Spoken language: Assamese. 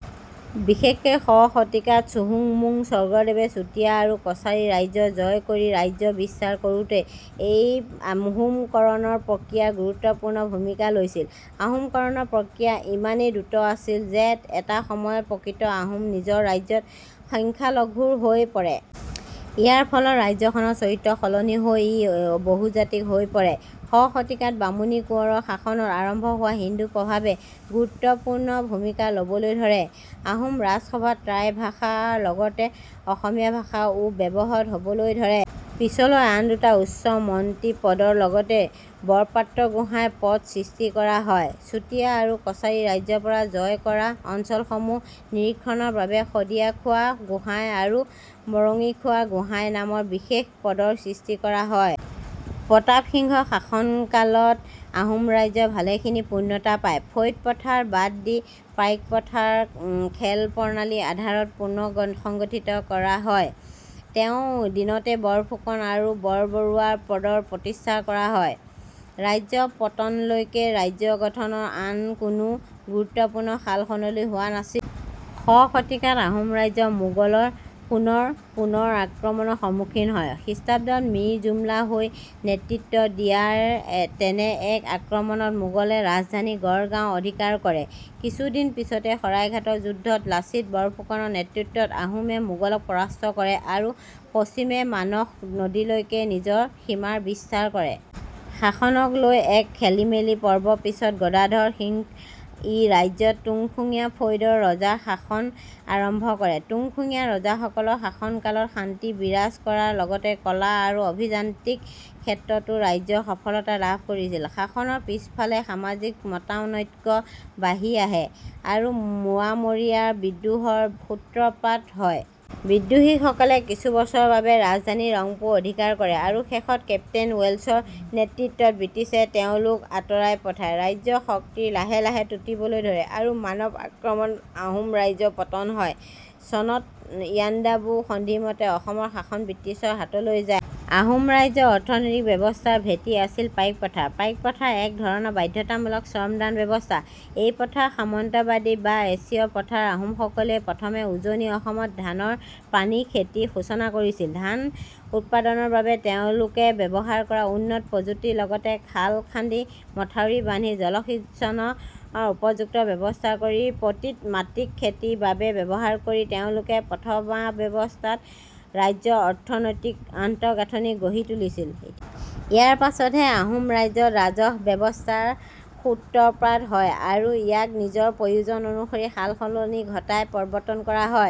বিশেষকৈ শ শতিকাত চুহুংমুং স্বৰ্গদেৱে চুতীয়া আৰু কছাৰী ৰাজ্য জয় কৰি ৰাজ্য বিস্তাৰ কৰোঁতে এই আহোমকৰণৰ প্ৰক্ৰিয়াই গুৰুত্বপূৰ্ণ ভূমিকা লৈছিল। আহোমকৰণৰ প্ৰক্ৰিয়া ইমানেই দ্ৰুত আছিল যে এটা সময়ত প্ৰকৃত আহোম নিজৰ ৰাজ্যত সংখ্যালঘু হৈ পৰে। ইয়াৰ ফলত ৰাজ্যখনৰ চৰিত্ৰ সলনি হৈ ই বহুজাতিক হৈ পৰে। শ শতিকাত বামুণী কোঁৱৰৰ শাসনত আৰম্ভ হোৱা হিন্দু প্ৰভাৱে গুৰুত্বপূৰ্ণ ভূমিকা ল'বলৈ ধৰে। আহোম ৰাজসভাত টাই ভাষা ৰ লগতে অসমীয়া ভাষা ও ব্যৱহৃত হ'বলৈ ধৰে। পিছলৈ আন দুটা উচ্চ মন্ত্ৰী পদৰ লগতে বৰপাত্ৰগোহাঁই পদ সৃষ্টি কৰা হয়। চুতীয়া আৰু কছাৰী ৰাজ্যৰ পৰা জয় কৰা অঞ্চলসমূহ নিৰীক্ষণৰ বাবে "শদিয়াখোৱা গোহাঁই" আৰু "মৰঙীখোৱা গোহাঁই" নামৰ বিশেষ পদৰ সৃষ্টি কৰা হয়। প্ৰতাপ সিংহ ৰ শাসনকালত আহোম ৰাজ্যই ভালেখিনি পূৰ্ণতা পায়। "ফৈদ প্ৰথা" বাদ দি পাইক প্ৰথা ক "খেল" প্ৰণালীৰ আধাৰত পুনৰ্সংগঠিত কৰা হয়। তেওঁৰ দিনতে বৰফুকন আৰু বৰবৰুৱা ৰ পদ প্ৰতিষ্ঠা কৰা হয়। ৰাজ্যৰ পতনলৈকে ৰাজ্যগঠনৰ আন কোনো গুৰুত্বপূৰ্ণ সালসলনি হোৱা নাছিল। শ শতিকাত আহোম ৰাজ্য মোগল ৰ পুনঃ পুনঃ আক্ৰমণৰ সন্মুখীন হয়। খ্ৰীষ্টাব্দত মীৰ জুমলা ই নেতৃত্ব দিয়া তেনে এক আক্ৰমণত মোগলে ৰাজধানী গড়গাওঁ অধিকাৰ কৰে। কিছুদিন পিছতে শৰাইঘাটৰ যুদ্ধ ত লাচিত বৰফুকন ৰ নেতৃত্বত আহোমে মোগলক পৰাস্ত কৰে আৰু পশ্চিমে মানস নদীলৈকে নিজৰ সীমা বিস্তাৰ কৰে। শাসনক লৈ এক খেলিমেলি পৰ্বৰ পিছত গদাধৰ সিংহ ই ৰাজ্যত তুংখুঙীয়া ফৈদৰ ৰজাৰ শাসন আৰম্ভ কৰে। তুংখুঙীয়া ৰজাসকলৰ শাসনকালত শান্তি বিৰাজ কৰাৰ লগতে কলা আৰু অভিযান্ত্ৰিক ক্ষেত্ৰতো ৰাজ্যই সফলতা লাভ কৰিছিল। শাসনৰ পিছৰফালে সামাজিক মতানৈক্য বাঢ়ি আহে আৰু মোৱামৰীয়া বিদ্ৰোহ ৰ সূত্ৰপাত হয়। বিদ্ৰোহীসকলে কিছুবছৰৰ বাবে ৰাজধানী ৰংপুৰ অধিকাৰ কৰে আৰু শেষত কেপ্তেইন ৱেল্ছৰ নেতৃত্বত ব্ৰিটিছে তেওঁলোকক আঁতৰাই পঠায়। ৰাজ্যৰ শক্তি লাহে লাহে টুটিবলৈ ধৰে আৰু মানৰ আক্ৰমণত আহোম ৰাজ্যৰ পতন হয়। চনত ইয়াণ্ডাবু সন্ধি মতে অসমৰ শাসন ব্ৰিটিছৰ হাতলৈ যায়। আহোম ৰাজ্যৰ অৰ্থনৈতিক ব্যৱস্থাৰ ভেঁটি আছিল পাইক প্ৰথা। পাইক প্ৰথা এক ধৰণৰ 'বাধ্যতামূলক শ্ৰমদান ব্যৱস্থা'। এই প্ৰথা সামন্তবাদী বা এছীয়-প্ৰথা আহোমসকলেই প্ৰথমে উজনি অসমত ধানৰ পানী খেতি ৰ সূচনা কৰিছিল। ধান উৎপাদনৰ বাবে তেওঁলোকে ব্যৱহাৰ কৰা উন্নত প্ৰযুক্তিৰ লগতে খাল-খান্দি, মথাউৰি বান্ধি জলসিঞ্চনৰ উপযুক্ত ব্যৱস্থা কৰি পতিত মাটিক খেতিৰ বাবে ব্যৱহাৰ কৰি তেওঁলোকে প্ৰথমাৱস্থাত ৰাজ্যৰ অৰ্থনৈতিক আন্তঃগাঁঠনি গঢ়ি তুলিছিল। ইয়াৰ পাছতহে আহোম ৰাজ্যত ৰাজহ-ব্যৱস্থা ৰ সূত্ৰপাত হয় আৰু ইয়াক নিজৰ প্ৰয়োজন অনুসৰি সাল-সলনি ঘটাই প্ৰৱৰ্তন কৰা হয়।